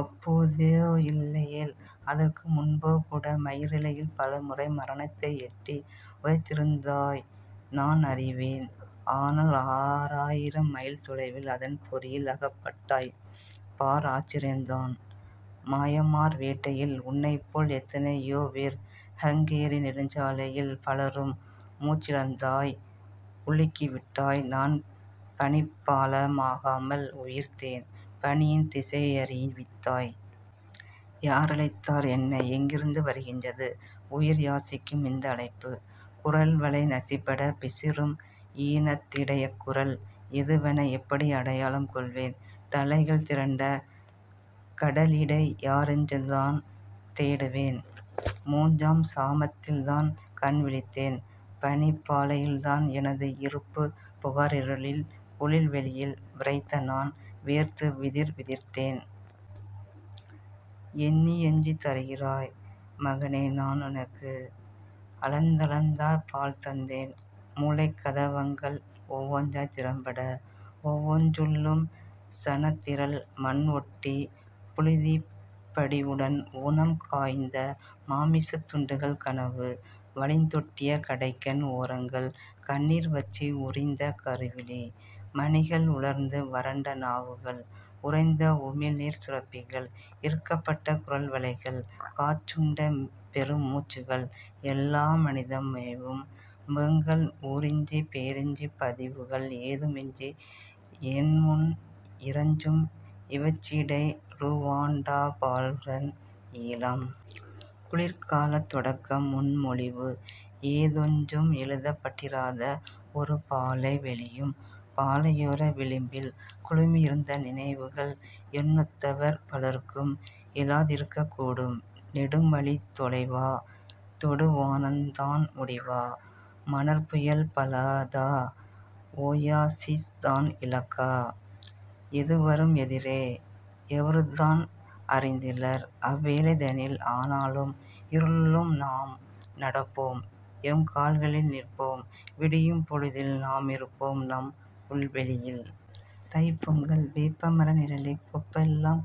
அப்போதோ இல்லையேல் அதற்கும் முன்போகூட மயிரிழையில் பலமுறை மரணத்தை எட்டி உதைத்திருந்தாய் நான் அறிவேன். ஆனால் ஆறாயிரம் மைல் தொலைவில் அதன் பொறியில் அகப்பட்டாய் பார் ஆச்சரியந்தான். மாயமான் வேட்டையில் உன்னைப்போல் எத்தனையோபேர் ஹங்கேரி நெடுஞ்சாலையில் பலரும் மூச்சிழந்தாய் உலுக்கிவிட்டாய் நான் பனிப்பாளமாகாமல் உயிர்த்தேன் பணியின் திசையறிவித்தாய். யாரழைத்தார் என்னை? எங்கிருந்து வருகின்றது உயிர்யாசிக்கும் இந்த அழைப்பு குரல்வளை நசிபட பிசிறும் ஈனத்திடை அக்குரல் இதுவென எப்படி அடையாளம் கொள்வேன் தலைகள் திரண்ட கடலிடை யாரென்றுதான் தேடுவேன் மூன்றாம் சாமத்தில்தான் கண்விழித்தேன் பனிப்பாலையில்தான் எனது இருப்பு புகாரிருளில் குளிர்வெளியில் விறைத்த நான் வேர்த்து விதிர்விதிர்த்தேன் எண்ணியெண்ணி தருகிறாய் மகனே நானுனக்கு அளந்தளந்தா பால் தந்தேன் மூளைக்கதவங்கள் ஒவ்வொன்றாய் திறபட ஒவ்வொன்றுள்ளும் சனத்திரள் மண்ஒட்டி புழுதிப்படிவுடன் ஊனம் காய்ந்த மாமிசத்துண்டங்கள் கனவு வழிந்தொட்டிய கடைக்கண் ஓரங்கள் கண்ணீர்வற்றி உரிந்த கருவிழி மணிகள் உலர்ந்து வரண்ட நாவுகள் உறைந்த உமிழ்நீர் சுரப்பிகள் இறுக்கப்பட்ட குரல்வளைகள் காற்றுண்ட பெருமூச்சுகள் எல்லாம் மனிதம் மேவும் முகங்கள் ஊரின்றி பேரின்றி பதிவுகள் ஏதுமின்றி என்முன் இறைஞ்சும் இவற்றிடை ரூவாண்டா பால்கன் ஈழம்... குளிர்காலத் தொடக்கம் முன்மொழிவு ஏதொன்றும் எழுதப்பட்டிராத ஒருபாலை வெளியும் பாலையோர விளிம்பில் குழுமியிருந்த நினைவும் என்னொத்தவர் பலர்க்கும் எழாதிருக்கக் கூடும்! நெடும்வழித் தொலைவா? தொடுவானந்தான் முடிவா? மணற்புயல் பலதா? ஒயாசிஸ்தான் இலக்கா? எதுவரும் எதிரே...? எவருந்தான் அறிந்திலர் அவ்வேளைதனில்; ஆனாலும் இருளுள்ளும் நாம் நடப்போம் எம்கால்களில் நிற்போம் விடியும்பொழுதில் நாமிருப்போம் நம் புல்வெளியில்... தைப்பொங்கல், வேப்பமர நிழலில் கொப்பெல்லாம்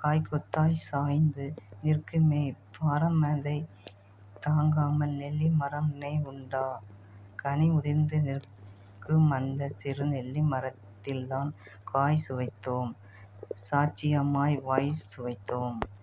காய்க்கொத்தாய் சாய்ந்து நிற்குமே பாரமதைத் தாங்காமல் நெல்லி மரம் நினைவுண்டா? கனி உதிர்த்து நிற்குமந்த சிறு நெல்லி மரத்தில்தான் காய் சுவைத்தோம். சாட்சியமாய் வாய் சுவைத்தோம்.